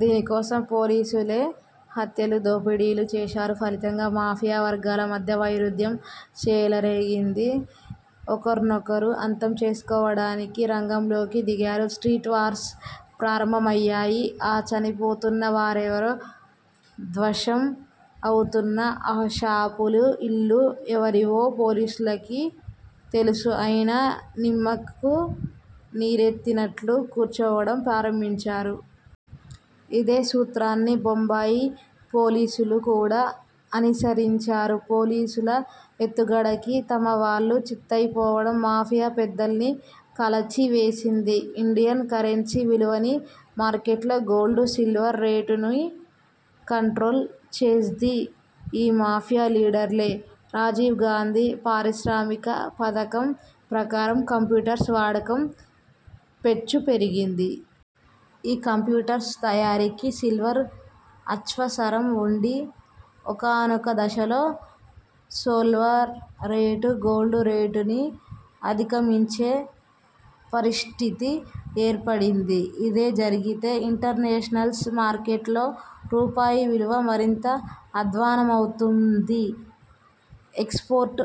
దీని కోసం పోలీసులే హత్యలు, దోపిడీలు, చేశారు. ఫలితంగా మాఫియ వర్గాల మధ్య వైరుధ్యం చేలరేగింది. ఒకర్నొకరు అంతం చేసుకోవడానికిరంగంలోకి దిగారు. స్ట్రీట్ వార్స్ ప్రారంభమయ్యాయి. ఆ చనిపోతున్న వారెవరో ధ్వంశం అవుతున్న ఆ షాపులు, ఇల్లు, ఎవరివో పోలీసులకి తెలుసు. అయినా నిమ్మకు నీరెత్తినట్లు కూర్చోవడం ప్రారంభించారు. ఇదే సూత్రాన్ని బొంబాయి ఫోలీసులు కూడా అనిసరించారు. పోలీసుల ఎత్తుగడకి తమవాళ్ళు చిత్తయిపోవడం మాఫియా పెద్దల్ని కలచివేసింది. ఇండియన్ కరెన్సీ విలువని, మార్కెట్లో గోల్డ్ సిల్వర్ రేటుని కంట్రోల్ చేస్ది ఈ మాఫియా లీడర్లె! రాజీవ్ గాందీ పారిశ్రామిక పథకం ప్రకారం కంప్యూటర్స్ వాడకం పెచ్చుపెరిగింది. ఈ కంప్యూటర్స్ తయారీకి సిల్వర్ అచ్వసరం వుండి. ఒకానొక దశలో సోల్వర్ రేటు గోల్డు రేటుని అధికమించే పరిష్టితి ఏర్పడింది. ఇదే జరిగితే ఇంటర్నేషనల్స్ మార్కెట్ లో రూపాయి విలువ మరింత అద్వాన్నమవుతుమ్ది. ఎక్స్ పోర్ట్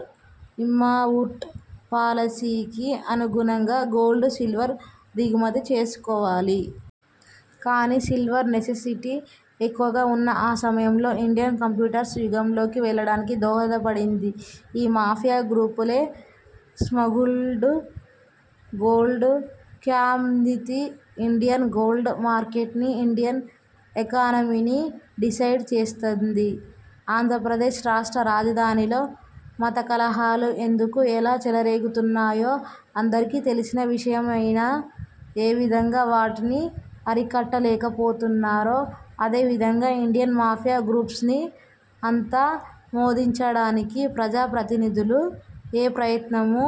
ఇమ్పావుర్టు పాలసీకి అనుగుణంగా గోల్డు, సిల్వర్ దిగుమతి చేసుకోవాలి. కాని సిల్వర్ నెస్సిసటీ ఎక్కువుగా వున్నా అ సమయంలో ఇండియన్ కంప్యూటర్స్ యుగంలోకి వెళ్ళాడానికి దోహదపడింది. ఈ మాఫియ గ్రూపులే! Smuggled gold quantity Indian gold market ని ఇండియన్ ఎకానమీని డిసైడ్ చేస్తంది!! ఆంద్రప్రదేశ్ రాష్ట్రా రాజధానిలో మతకలహాలు ఎందుకు, ఎలా చెలరేగుతున్నాయో అందరీకి తెలిసిన విషయమయినా ఏ విధంగా వాటిని అరికట్ట లేకపోతున్నారో అదే విధంగా ఇండియన్ మాఫియా గ్రూప్స్ ని అంత మోదించడానికి ప్రజా ప్రతినిధులు ఏ ప్రయత్నమూ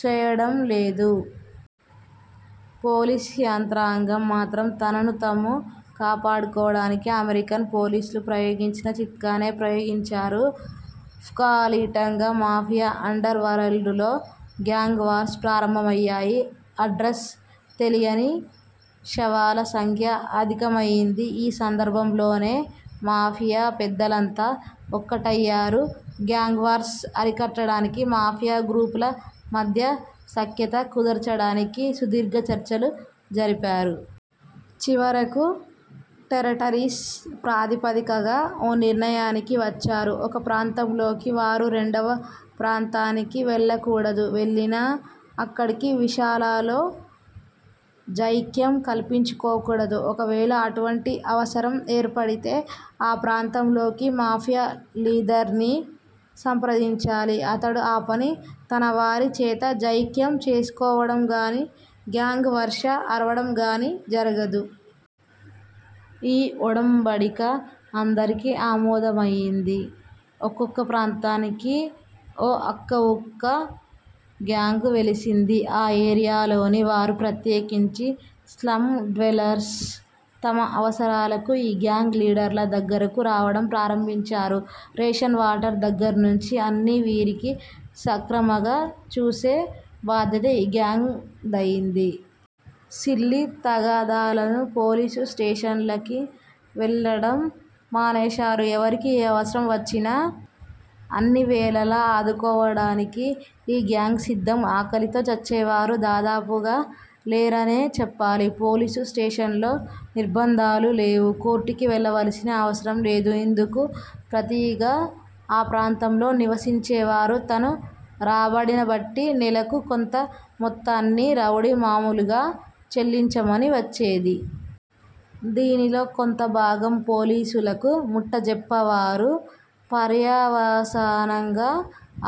చేయడంలేదు. పోలీస్ యంత్రాంగం మాత్రం తనను తము కాపాడుకోవడానికి అమెరికన్ పోలీసులు ప్రయోగించిన చిత్కానే ప్రయోగించారు. ఫ్గాలిటంగా మాఫియా అండర్ వరల్డు లో గ్యాంగ్ వార్స్ ప్రారంభమయ్యాయి. అడ్రస్ తెలియని శవాల సంఖ్య అధికమయింది. ఈ సందర్బంములోనే మాఫియా పెద్దలంతా ఒకటయ్యారు. గ్యాంగ్ వార్స్ అరికట్టడానికి మాఫియా గ్రూపుల మధ్య సఖ్యత కుదర్చడానికి సుదీర్ఘ చర్చలు జరిపారు. చివరకు టేరటరీస్ ప్రాతిపదికగా ఓ నిర్ణయానికి వచ్చారు. ఒక ప్రాంతంలోకి వారు రెండవ ప్రాంతానికి వెళ్ళకూడదు వెళ్ళినా అక్కడి విశాలలో జైక్యం కల్పించుకోకూడదు. ఒకవేళ అటువంటి అవసరం ఏర్పడితే ఆ ప్రాంతంలోకి మాఫియ లీదర్నీ సంప్రదించాలి అతడు ఆ పని తనవారి చేత జైక్యం చేసుకోవడంగాని, గ్యాంగ్ వర్ష అరవడంగాని జరగదు. ఈ ఒడంబడిక అందరికి అమోదమయింది. ఒక్కొక్క ప్రాంతానికి ఒఅక్కావుక్క గ్యాంగ్ వెలిసింది. అ ఏరియాలోని వారు ప్రత్యేకించి స్లమ్ డ్వేలర్స్ తమ అవసరాలకు ఈ గ్యాంగ్ లీడర్ల దగ్గరకు రావడం ప్రారంభించారు. రేషన్, వాటర్ దగ్గర్నుంచీ అన్నీ వీరికి సక్రమగా చూసే బాధ్యత ఈ గ్యాంగ్ దయింది. సిల్లీ తగాదాలను పోలీసు స్టేషన్ లకి వెళ్ళడం మానేశారు. ఎవరికీ ఏ అవసరం వచ్చినా అన్ని వేళలా ఆదుకోవడానికి ఈ గ్యాంగ్ సిద్దం! ఆకలితో చచ్చేవారు దాదాపుగా లేరనే చెప్పాలి. పోలీసు స్టేషన్ లో నిర్భంధాలు లేవు. కోర్టుకి వెళ్లవలసిన అవసరం లేదు. ఇందుకు ప్రతిగా ఆ ప్రాంతంలో నివసించేవారు తను రాబడినిబట్టి నేలకు కొంత మొత్తాన్ని రౌడీ మాములుగా చెల్లించమని వచ్చేది. దీనిలో కొంతభాగం పోలీసులకు ముట్టజెప్పావారు. పర్యవసానంగా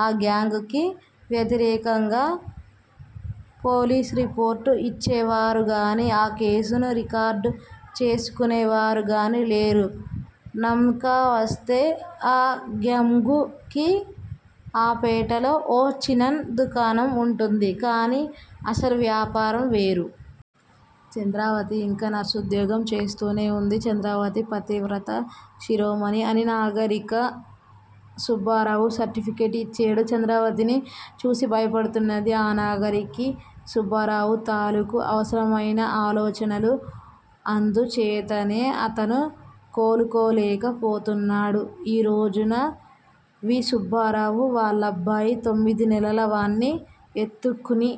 అ గ్యాంగ్ కి వ్యతిరేకంగా పోలీసు రిపోర్టు యిచ్చేవారుగాని, ఆ కేసుని రికార్డు చేసుకునేవారుగాని లేరు. నం కా వస్తే ఆ గ్యమ్గు కి ఆ పేటలో ఓ చినన్ దుకాణం వుంటుంది. కాని అసలు వ్యాపారం వేరు. చంద్రావతి యింకా నర్సుద్యోగం చేస్తూనేవుంది. చంద్రావతి పతివ్రతా శిరోమణి అని నాగరిక సుబ్బారావు సర్టిఫికెటిచ్చేడు. చంద్రావతిని చూసి భయపడుతున్నది ఆ నాగరికి సుబ్బారావు తాలూకు అవసరమైన ఆలోచనలు. అందుచేతనే అతను కోలుకోలేక పోతున్నాడు. ఈ రోజున- వి. సుబ్బారావు వాళ్ళబ్బాయి తొమ్మిది నెలల వాణ్ణి యెత్తుకుని.